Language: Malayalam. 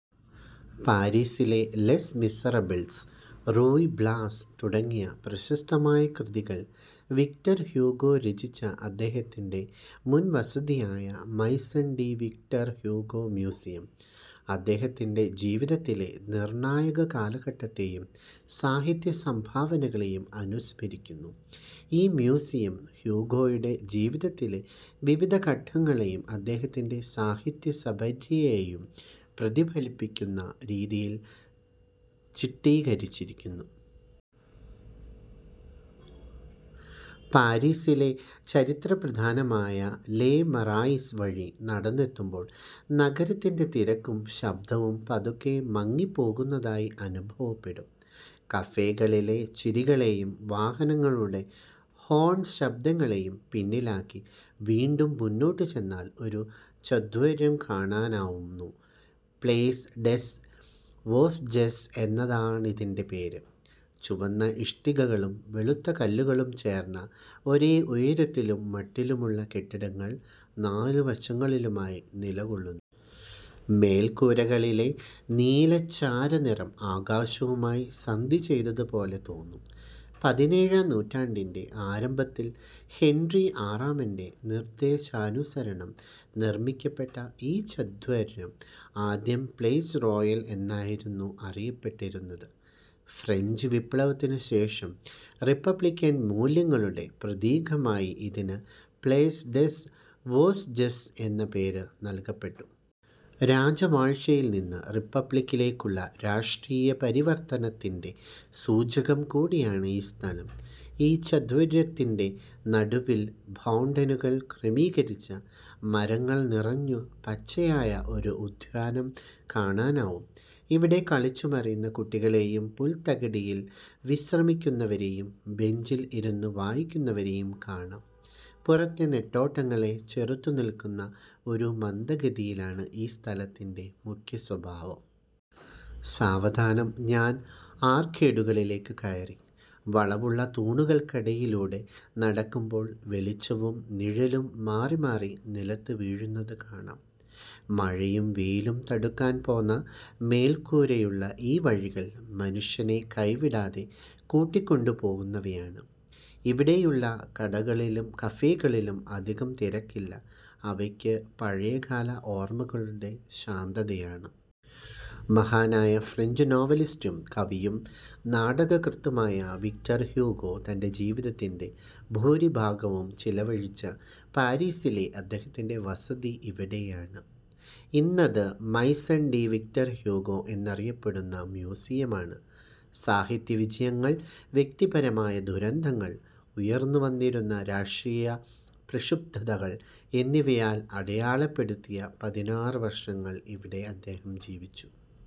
പാരീസിലെ ലെസ് മിസറബിൾസ്, റൂയ് ബ്ലാസ് തുടങ്ങിയ പ്രശസ്തമായ കൃതികൾ വിക്ടർ ഹ്യൂഗോ രചിച്ച അദ്ദേഹത്തിന്റെ മുൻ വസതിയായ Maison de Victor Hugo museum, അദ്ദേഹത്തിന്റെ ജീവിതത്തിലെ നിർണായക കാലഘട്ടത്തെയും സാഹിത്യ സംഭാവനകളെയും അനുസ്മരിക്കുന്നു. ഈ മ്യൂസിയം ഹ്യൂഗോയുടെ ജീവിതത്തിലെ വിവിധ ഘട്ടങ്ങളെയും അദ്ദേഹത്തിന്റെ സാഹിത്യസപര്യയെയും പ്രതിഫലിപ്പിക്കുന്ന രീതിയിൽ ചിട്ടീകരിച്ചിരിക്കുന്നു. പാരീസിലെ ചരിത്രപ്രധാനമായ ലെ മറായിസ് വഴി നടന്നെത്തുമ്പോൾ, നഗരത്തിന്റെ തിരക്കും ശബ്ദവും പതുക്കെ മങ്ങിപ്പോകുന്നതായി അനുഭവപ്പെടും. കഫേകളിലെ ചിരികളേയും വാഹനങ്ങളുടെ ഹോൺ ശബ്ദങ്ങളേയും പിന്നിലാക്കി വീണ്ടും മുന്നോട്ടു ചെന്നാൽ ഒരു ചത്വരം കാണാനാവുന്നു. പ്ലേസ് ഡെസ് വോസ്ജെസ് എന്നാണതിന്റെ പേര്. ചുവന്ന ഇഷ്ടികകളും വെളുത്ത കല്ലുകളും ചേർന്ന, ഒരേ ഉയരത്തിലും മട്ടിലുമുള്ള കെട്ടിടങ്ങൾ നാലു വശങ്ങളിലുമായി നിലകൊള്ളുന്നു. മേൽക്കൂരകളിലെ നീലച്ചാര നിറം ആകാശവുമായി സന്ധി ചെയ്തതുപോലെ തോന്നും. പതിനേഴാം നൂറ്റാണ്ടിന്റെ ആരംഭത്തിൽ ഹെൻറി ആറാമന്റെ നിർദ്ദേശാനുസരണം നിർമ്മിക്കപ്പെട്ട ഈ ചത്വരം ആദ്യം പ്ലേസ് റോയൽ എന്നായിരുന്നു അറിയപ്പെട്ടിരുന്നത്. ഫ്രഞ്ച് വിപ്ലവത്തിനു ശേഷം റിപ്പബ്ലിക്കൻ മൂല്യങ്ങളുടെ പ്രതീകമായി ഇതിന് പ്ലേസ് ഡെസ് വോസ്ജെസ് എന്ന പേര് നൽകപ്പെട്ടു. രാജവാഴ്ചയിൽ നിന്ന് റിപ്പബ്ലിക്കിലേക്കുള്ള രാഷ്ട്രീയപരിവർത്തനത്തിന്റെ സൂചകം കൂടിയാണ് ഈ സ്ഥലം. ഈ ചത്വരത്തിന്റെ നടുവിൽ ഫൗണ്ടനുകൾ ക്രമീകരിച്ച, മരങ്ങൾ നിറഞ്ഞു പച്ചയായ ഒരു ഉദ്യാനം കാണാനാവും. ഇവിടെ കളിച്ചു മറിയുന്ന കുട്ടികളേയും, പുൽത്തകിടിയിൽ വിശ്രമിക്കുന്നവരേയും ബെഞ്ചിൽ ഇരുന്ന് വായിക്കുന്നവരേയും കാണാം. പുറത്തെ നെട്ടോട്ടങ്ങളെ ചെറുത്തുനിൽക്കുന്ന ഒരു മന്ദഗതിയാണ് ഈ സ്ഥലത്തിന്റെ മുഖ്യസ്വഭാവം. സാവധാനം ഞാൻ ആർക്കേഡുകളിലേക്ക് കയറി. വളവുള്ള തൂണുകൾക്കടിയിലൂടെ നടക്കുമ്പോൾ വെളിച്ചവും നിഴലും മാറിമാറി നിലത്ത് വീഴുന്നതു കാണാം. മഴയും വെയിലും തടുക്കാൻ പോന്ന മേൽക്കൂരയുള്ള ഈ വഴികൾ മനുഷ്യനെ കൈവിടാതെ കൂട്ടിക്കൊണ്ടു പോകുന്നവയാണ്. ഇവിടെയുള്ള കടകളിലും കഫേകളിലും അധികം തിരക്കില്ല. അവയ്ക്ക് പഴയകാല ഓർമകളുടെ ശാന്തതയാണ്. മഹാനായ ഫ്രഞ്ച് നോവലിസ്റ്റും കവിയും നാടകകൃത്തുമായ വിക്ടർ ഹ്യൂഗോ തന്റെ ജീവിതത്തിന്റെ ഭൂരിഭാഗവും ചിലവഴിച്ച പാരീസിലെ അദ്ദേഹത്തിന്റെ വസതി ഇവിടെയാണ്. ഇന്നത് മൈസൺ ഡി വിക്ടർ ഹ്യൂഗോ എന്നറിയപ്പെടുന്ന മ്യൂസിയമാണ്. സാഹിത്യ വിജയങ്ങൾ, വ്യക്തിപരമായ ദുരന്തങ്ങൾ, ഉയർന്നുവന്നിരുന്ന രാഷ്ട്രീയ പ്രക്ഷുബ്ധതകൾ എന്നിവയാൽ അടയാളപ്പെടുത്തിയ പതിനാറ് വർഷങ്ങൾ ഇവിടെ അദ്ദേഹം ജീവിച്ചു.